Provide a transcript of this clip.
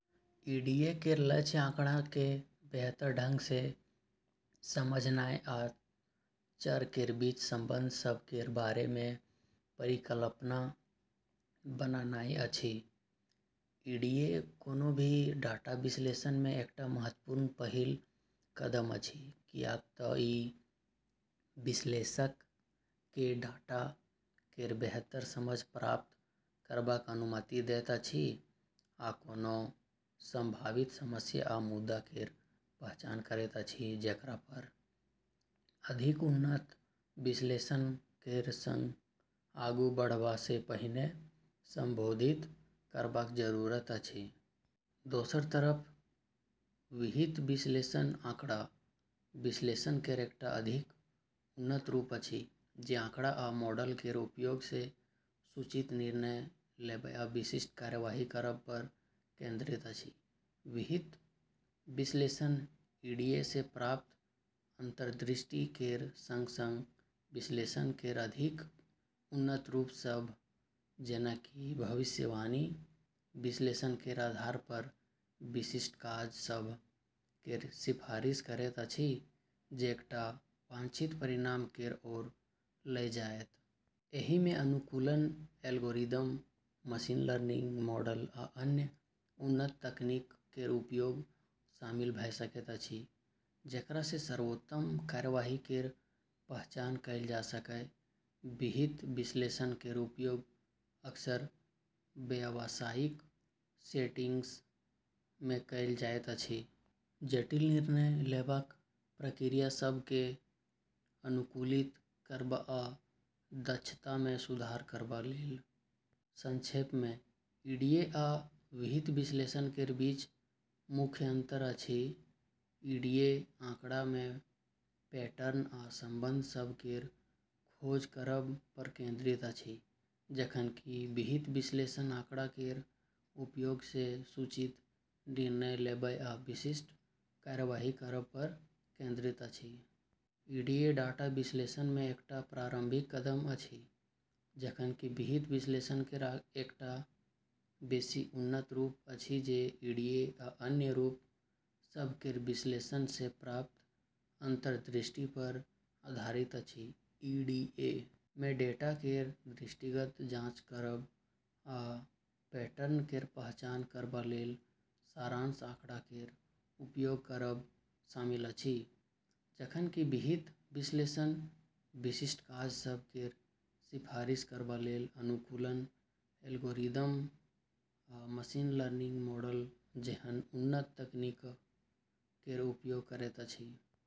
EDA केर लक्ष्य आँकड़ा केँ बेहतर ढंग सँ समझनाइ आ चर केर बीच संबंध सभ केर बारे मे परिकल्पना बनानाइ अछि। ईडीए कोनो भी डाटा विश्लेषण मे एकटा महत्वपूर्ण पहिल कदम अछि, कियाक तँ ई विश्लेषक केँ डाटा केर बेहतर समझ प्राप्त करबाक अनुमति दैत अछि, आ कोनो सम्भावित समस्या या मुद्दा केर पहचान करैत अछि जेकरा पर अधिक उन्नत विश्लेषण केर संग आगू बढ़बा सँ पहिने संबोधित करबाक जरूरत अछि। दोसर तरफ, विहित विश्लेषण आँकड़ा विश्लेषण केर एकटा अधिक उन्नत रूप अछि जे आँकड़ा आ मॉडल केर उपयोग सँ सूचित निर्णय लेबय या विशिष्ट कार्यवाही करब पर केंद्रित अछि। विहित विश्लेषण ईडीए सँ प्राप्त अंतर्दृष्टि केर संग-संग विश्लेषण केर अधिक उन्नत रूप सभ जेना कि भविष्यवाणी विश्लेषण केर आधार पर विशिष्ट काज सभ केर सिफारिश करैत अछि जे एकटा वांछित परिणाम केर ओर लऽ जायत। एहि मे अनुकूलन एल्गोरिदम, मशीन लर्निंग मॉडल या अन्य उन्नत तकनीक केर उपयोग शामिल भऽ सकैत अछि, जेकरा सँ सर्वोत्तम कार्यवाही केर पहचान कएल जा सकय। विहित विश्लेषण केर उपयोग अक्सर व्यावसायिक सेटिंग्स मे कएल जाइत अछि, जटिल निर्णय लेबाक प्रक्रिया सभ केँ अनुकूलित करबा आ दक्षता मे सुधार करबा लेल। संक्षेप मे, ईडीए आ विहित विश्लेषण केर बीच मुख्य अंतर अछि: ईडीए आँकड़ा मे पैटर्न आ संबंध सभ केर खोज करब पर केंद्रित अछि, जखन कि विहित विश्लेषण आँकड़ा केर उपयोग सँ सूचित निर्णय लेबय आ विशिष्ट कार्यवाही करब पर केंद्रित अछि। ईडीए डाटा विश्लेषण मे एकटा प्रारंभिक कदम अछि, जखन कि विहित विश्लेषण केर एकटा बेसि उन्नत रूप अछि जे ईडीए आ अन्य रूप सभ केर विश्लेषण सँ प्राप्त अंतर्दृष्टि पर आधारित अछि। ईडीए मे डेटा केर दृष्टिगत जांच करब आ पैटर्न केर पहचान करबा लेल सारांश आँकड़ा केर उपयोग करब शामिल अछि, जखन कि विहित विश्लेषण विशिष्ट काज सभ केर सिफारिश करबा लेल अनुकूलन एल्गोरिदम आ मशीन लर्निंग मॉडल जेहन उन्नत तकनीक केर उपयोग करैत अछि।